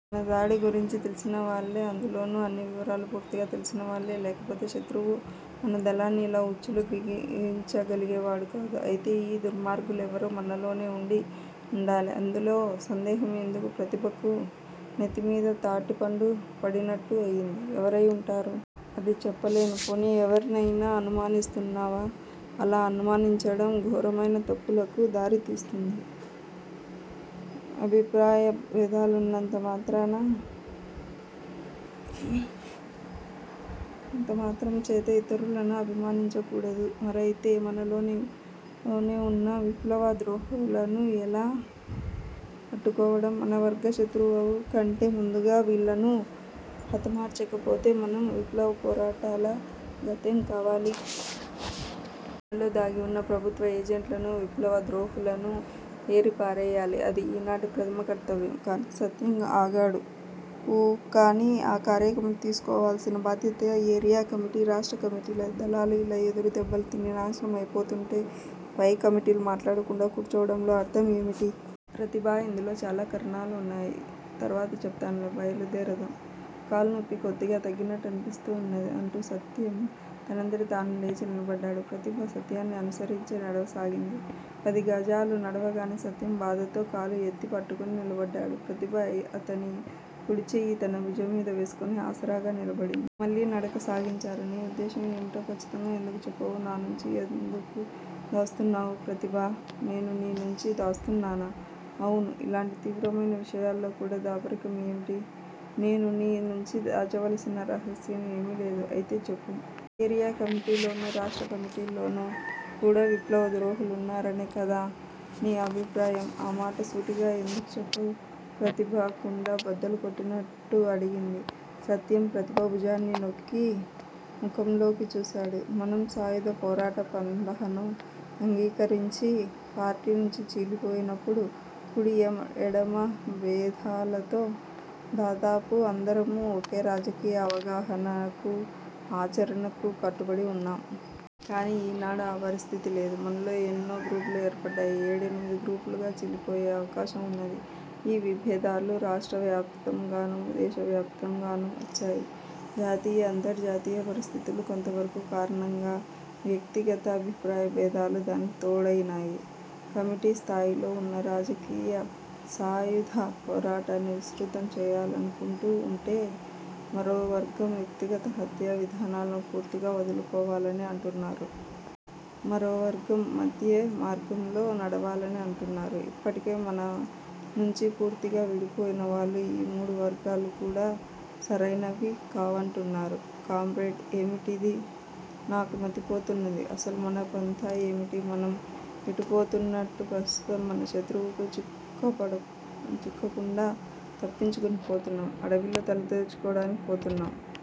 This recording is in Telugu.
మన దాడి గురించి తెలిసినవాళ్లే. అందులోనూ, అన్ని వివరాలూ పూర్తిగా తెలిసిన వాళ్ళే! లేకపోతే శత్రువు మన దళాన్ని ఇలా ఉచ్చులో బిగించగలిగేవాడు కాదు. అయితే ఆ దుర్మార్గులెవరో మనలోనే ఉండి ఉండాలి. అందులో సందేహం ఎందుకూ? ప్రతిభకు నెత్తిమీద తాటిపండు పడినట్టు అయింది. ఎవరై ఉంటారు? అది చెప్పలేను. పోనీ ఎవర్నయినా అనుమానిస్తున్నావా? అలా అనుమానించడం ఘోరమైన తప్పులకు దారి తీస్తుంది. అభిప్రాయభేదాలున్నంత మాత్రం చేత ఇతరులను అనుమానించకూడదు. మరయితే మనలోనే వున్న విప్లవద్రోహులను ఎలా పట్టుకోవడం? మన వర్గ శత్రువు కంటే ముందుగా వీళ్ళను హతమార్చకపోతే మన విప్లవపోరాటాల గతేం కావాలి? మనలో దాగివున్న ప్రభుత్వ ఏజెంట్లనూ, విప్లవద్రోహులనూ ఏరి పారెయ్యాలి. అది ఈనాటి ప్రథమ కర్తవ్యం! కాని సత్యం ఆగాడు. ఊఁ కానీ? ఆ కార్యక్రమం తీసుకోవాల్సిన బాధ్యత ఏరియా కమిటీ, రాష్ట్ర కమిటీలది! దళాలు ఇలా ఎదురు దెబ్బలు తిని నాశనం అయిపోతుంటే, పై కమిటీలు మాట్లాడకుండా కూర్చోవడంలో అర్థం ఏమిటి? ప్రతిభా! ఇందుకు చాలా కారణాలు వున్నాయి. తర్వాత చెప్తానులే. బయలుదేరదాం! కాలునొప్పి కొద్దిగా తగ్గినట్టు అనిపిస్తూ ఉన్నది! అంటూ సత్యం తనంతట తాను లేచి నిలబడ్డాడు. ప్రతిభ సత్యాన్ని అనుసరించి నడవసాగింది. పది గజాలు నడవగానే సత్యం బాధతో కాలు ఎత్తి పట్టుకొని నిలబడ్డాడు. ప్రతిభ అతని కుడిచెయ్యి తన భుజంమీద వేసుకొని ఆసరాగా నిలబడింది. మళ్ళీ నడక సాగించారు. నీ ఉద్దేశ్యం ఏమిటో ఖచ్చితంగా ఎందుకు చెప్పవు? నా నుంచి ఎందుకు దాస్తున్నావు? ప్రతిభా! నేను నీ నుంచి దాస్తున్నానా? అవును! ఇలాంటి తీవ్రమైన విషయాల్లో కూడా దాపరికం ఏమిటి? నేను నీ నుంచి దాచవలసిన రహస్యం ఏమీలేదు. అయితే చెప్పు! ఏరియా కమిటీలోనూ, రాష్ట్ర కమిటీల్లోనూ కూడా విప్లవ ద్రోహులున్నారనే కదా నీ అభిప్రాయం? ఆ మాట సూటిగా ఎందుకు చెప్పవ్? ప్రతిభ కుండ బద్దలుకొట్టినట్టు అడిగింది. సత్యం ప్రతిభ భుజాన్ని నొక్కి ముఖంలోకి చూశాడు. మనం సాయుధ పోరాట పంథాను అంగీకరించి పార్టీనుంచి చీలిపోయినప్పుడు, కుడి ఎడమ బేధాలతో దాదాపు అందరమూ, ఒకే రాజకీయ అవగాహనకూ, ఆచరణకూ కట్టుబడి వున్నాం. కాని ఈనాడు ఆ పరిస్థితి లేదు. మనలో ఎన్నో గ్రూపులూ ఏర్పడ్డాయి. ఏడెనిమిది గ్రూపులుగా చీలిపోయే అవకాశం ఉన్నది. ఈ విభేదాలు రాష్ట్ర వ్యాపితంగానూ, దేశవ్యాపితంగానూ వచ్చాయి. జాతీయ, అంతర్జాతీయ పరిస్థితులు కొంతవరకు కారణంగా, వ్యక్తిగత అభిప్రాయ భేదాలు దానికి తోడయినాయి. కమిటీ స్థాయిలో ఉన్న రాజకీయ సాయుధ పోరాటాన్ని విస్తృతం చేయాలనుకుంటూ వుంటే, మరోవర్గం వ్యక్తిగత హత్యా విధానాలను పూర్తిగా వదులుకోవాలని అంటున్నారు. మరోవర్గం మధ్యే మార్గంలో నడవాలని అంటున్నారు. ఇప్పటికే మననుంచి పూర్తిగా విడిపోయినవాళ్ళు ఈ మూడు వర్గాలు కూడా సరైనవి కావంటున్నారు. కామ్రేడ్! ఏమిటిది? నాకు మతిపోతున్నది. అసలు మన పంథా ఏమిటి? మనం ఎటు పోతున్నట్టు? ప్రస్తుతం మనం శత్రువుకు చిక్కకుండా తప్పించుకుని పోతున్నాం. అడవిలో తల దాచుకోవడానికి పోతున్నాం!